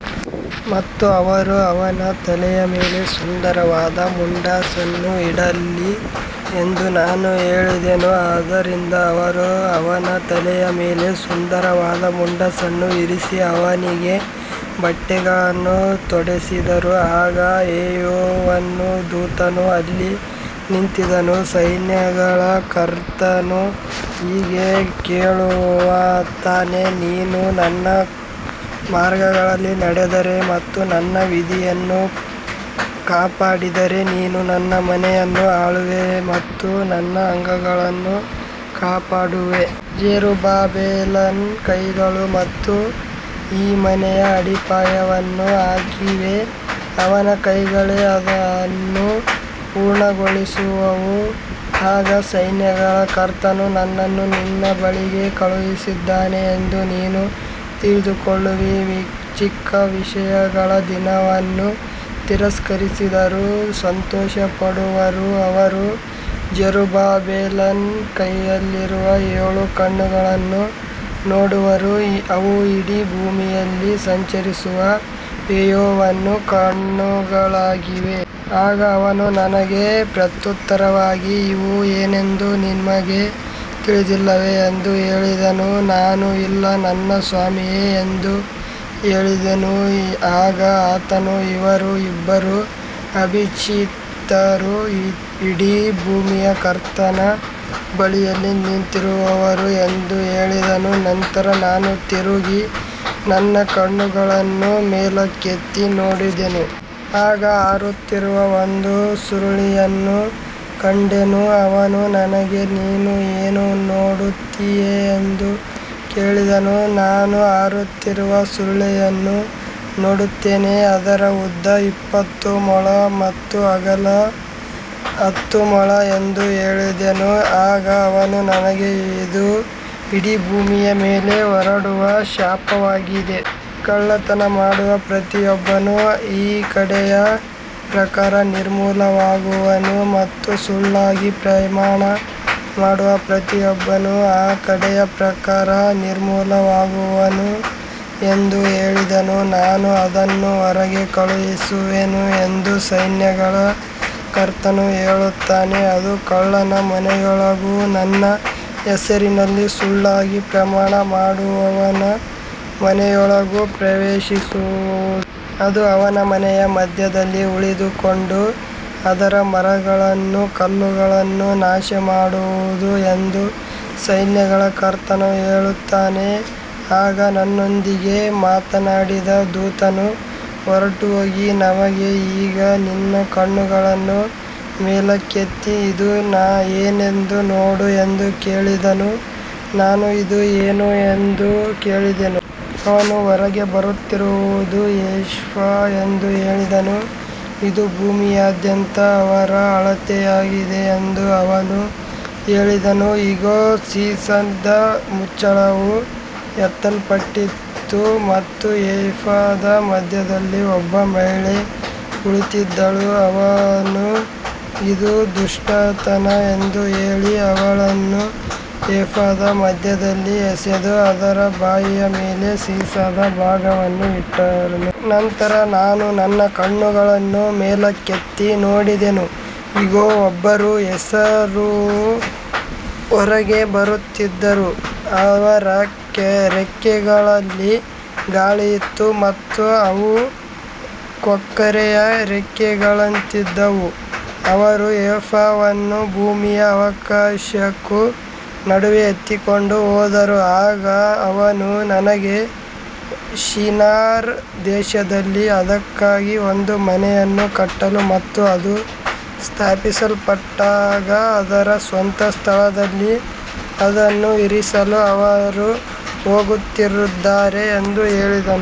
ಮತ್ತು ಅವರು ಅವನ ತಲೆಯ ಮೇಲೆ ಸುಂದರವಾದ ಮುಂಡಾಸನ್ನು ಇಡಲಿ ಎಂದು ನಾನು ಹೇಳಿದೆನು. ಆದ್ದರಿಂದ ಅವರು ಅವನ ತಲೆಯ ಮೇಲೆ ಸುಂದರವಾದ ಮುಂಡಾಸನ್ನು ಇರಿಸಿ ಅವನಿಗೆ ಬಟ್ಟೆಗಳನ್ನು ತೊಡಿಸಿದರು. ಆಗ ಯೆಹೋವನ ದೂತನು ಅಲ್ಲಿ ನಿಂತಿದ್ದನು. ಸೈನ್ಯಗಳ ಕರ್ತನು ಹೀಗೆ ಹೇಳುತ್ತಾನೆ, ನೀನು ನನ್ನ ಮಾರ್ಗಗಳಲ್ಲಿ ನಡೆದರೆ ಮತ್ತು ನನ್ನ ವಿಧಿಯನ್ನು ಕಾಪಾಡಿದರೆ, ನೀನು ನನ್ನ ಮನೆಯನ್ನು ಆಳುವೆ ಮತ್ತು ನನ್ನ ಅಂಗಳಗಳನ್ನು ಕಾಪಾಡುವೆ. ಜೆರುಬ್ಬಾಬೆಲನ ಕೈಗಳು ಈ ಮನೆಯ ಅಡಿಪಾಯವನ್ನು ಹಾಕಿವೆ, ಅವನ ಕೈಗಳೇ ಅದನ್ನು ಪೂರ್ಣಗೊಳಿಸುವವು. ಆಗ ಸೈನ್ಯಗಳ ಕರ್ತನು ನನ್ನನ್ನು ನಿಮ್ಮ ಬಳಿಗೆ ಕಳುಹಿಸಿದ್ದಾನೆ ಎಂದು ನೀನು ತಿಳಿದುಕೊಳ್ಳುವಿ. ಚಿಕ್ಕ ವಿಷಯಗಳ ದಿನವನ್ನು ತಿರಸ್ಕರಿಸಿದವರು ಸಂತೋಷಪಡುವರು. ಅವರು ಜೆರುಬ್ಬಾಬೆಲನ ಕೈಯಲ್ಲಿರುವ ಏಳು ಕಣ್ಣುಗಳನ್ನು ನೋಡುವರು. ಅವು ಇಡೀ ಭೂಮಿಯಲ್ಲಿ ಸಂಚರಿಸುವ ಯೆಹೋವನ ಕಣ್ಣುಗಳಾಗಿವೆ. ಆಗ ಅವನು ನನಗೆ ಪ್ರತ್ಯುತ್ತರವಾಗಿ, ಇವು ಏನೆಂದು ನಿನಗೆ ತಿಳಿದಿಲ್ಲವೇ ಎಂದು ಕೇಳಿದನು. ನಾನು, ಇಲ್ಲ, ನನ್ನ ಸ್ವಾಮಿಯೇ ಎಂದು ಹೇಳಿದೆನು. ಆಗ ಆತನು, ಇವರು ಇಬ್ಬರು ಅಭಿಷಿಕ್ತರು, ಇಡೀ ಭೂಮಿಯ ಕರ್ತನ ಬಳಿಯಲ್ಲಿ ನಿಂತಿರುವವರು ಎಂದು ಹೇಳಿದನು. ನಂತರ ನಾನು ತಿರುಗಿ ನನ್ನ ಕಣ್ಣುಗಳನ್ನು ಮೇಲಕ್ಕೆತ್ತಿ ನೋಡಿದೆನು. ಆಗ ಹಾರುತ್ತಿರುವ ಒಂದು ಸುರುಳಿಯನ್ನು ಕಂಡೆನು. ಅವನು ನನಗೆ, ನೀನು ಏನು ನೋಡುತ್ತೀಯೆ ಎಂದು ಕೇಳಿದನು. ನಾನು, ಹಾರುತ್ತಿರುವ ಸುರುಳಿಯನ್ನು ನೋಡುತ್ತೇನೆ. ಅದರ ಉದ್ದ ಇಪ್ಪತ್ತು ಮೊಳ ಮತ್ತು ಅದರ ಅಗಲ ಹತ್ತು ಮೊಳ ಎಂದು ಹೇಳಿದೆನು. ಆಗ ಅವನು ನನಗೆ, ಇದು ಇಡೀ ಭೂಮಿಯ ಮೇಲೆ ಹೊರಡುವ ಶಾಪವಾಗಿದೆ. ಕಳ್ಳತನ ಮಾಡುವ ಪ್ರತಿಯೊಬ್ಬನೂ ಈ ಕಡೆಯ ಪ್ರಕಾರ ನಿರ್ಮೂಲವಾಗುವನು ಮತ್ತು ಸುಳ್ಳಾಗಿ ಪ್ರಮಾಣ ಮಾಡುವ ಪ್ರತಿಯೊಬ್ಬನೂ ಆ ಕಡೆಯ ಪ್ರಕಾರ ನಿರ್ಮೂಲವಾಗುವನು ಎಂದು ಹೇಳಿದನು. ನಾನು ಅದನ್ನು ಹೊರಗೆ ಕಳುಹಿಸುವೆನು ಎಂದು ಸೈನ್ಯಗಳ ಕರ್ತನು ಹೇಳುತ್ತಾನೆ. ಅದು ಕಳ್ಳನ ಮನೆಯೊಳಗೂ ನನ್ನ ಹೆಸರಿನಲ್ಲಿ ಸುಳ್ಳಾಗಿ ಪ್ರಮಾಣ ಮಾಡುವವನ ಮನೆಯೊಳಗೂ ಪ್ರವೇಶಿಸುವುದು. ಅದು ಅವನ ಮನೆಯ ಮಧ್ಯದಲ್ಲಿ ಉಳಿದುಕೊಂಡು ಅದರ ಮರಗಳನ್ನೂ ಕಲ್ಲುಗಳನ್ನೂ ನಾಶಮಾಡುವುದು ಎಂದು ಸೈನ್ಯಗಳ ಕರ್ತನು ಹೇಳುತ್ತಾನೆ. ಆಗ ನನ್ನೊಂದಿಗೆ ಮಾತನಾಡಿದ ದೂತನು ಹೊರಟುಹೋಗಿ ನನಗೆ, ಈಗ ನಿನ್ನ ಕಣ್ಣುಗಳನ್ನು ಮೇಲಕ್ಕೆತ್ತಿ ಇದು ಏನೆಂದು ನೋಡು ಎಂದು ಹೇಳಿದನು. ನಾನು, ಇದು ಏನು ಎಂದು ಕೇಳಿದೆನು. ಅವನು, ಹೊರಗೆ ಬರುತ್ತಿರುವುದು ಏಫಾ ಎಂದು ಹೇಳಿದನು. ಇದು ಭೂಮಿಯಾದ್ಯಂತ ಅವರ ಅಳತೆಯಾಗಿದೆ ಎಂದು ಅವನು ಹೇಳಿದನು. ಇಗೋ, ಸೀಸದ ಮುಚ್ಚಳವು ಎತ್ತಲ್ಪಟ್ಟಿತು ಮತ್ತು ಏಫಾದ ಮಧ್ಯದಲ್ಲಿ ಒಬ್ಬ ಮಹಿಳೆ ಕುಳಿತಿದ್ದಳು. ಅವನು, ಇದು ದುಷ್ಟತನ ಎಂದು ಹೇಳಿ ಅವಳನ್ನು ಏಫಾದ ಮಧ್ಯದಲ್ಲಿ ಎಸೆದು, ಅದರ ಬಾಯಿಯ ಮೇಲೆ ಸೀಸದ ಭಾರವನ್ನು ಇಟ್ಟನು. ನಂತರ ನಾನು ನನ್ನ ಕಣ್ಣುಗಳನ್ನು ಮೇಲಕ್ಕೆತ್ತಿ ನೋಡಿದೆನು. ಇಗೋ, ಇಬ್ಬರು ಹೆಂಗಸರು ಹೊರಗೆ ಬರುತ್ತಿದ್ದರು. ಅವರ ರೆಕ್ಕೆಗಳಲ್ಲಿ ಗಾಳಿಯಿತ್ತು ಮತ್ತು ಅವು ಕೊಕ್ಕರೆಯ ರೆಕ್ಕೆಗಳಂತಿದ್ದವು. ಅವರು ಏಫಾವನ್ನು ಭೂಮಿಗೂ ಆಕಾಶಕ್ಕೂ ನಡುವೆ ಎತ್ತಿಕೊಂಡು ಹೋದರು. ಆಗ ಅವನು ನನಗೆ, ಶಿನಾರ್ ದೇಶದಲ್ಲಿ ಅದಕ್ಕಾಗಿ ಒಂದು ಮನೆಯನ್ನು ಕಟ್ಟಲು ಮತ್ತು ಅದು ಸ್ಥಾಪಿಸಲ್ಪಟ್ಟಾಗ ಅದರ ಸ್ವಂತ ಸ್ಥಳದಲ್ಲಿ ಅದನ್ನು ಇರಿಸಲು ಅವರು ಹೋಗುತ್ತಿದ್ದಾರೆ ಎಂದು ಹೇಳಿದನು.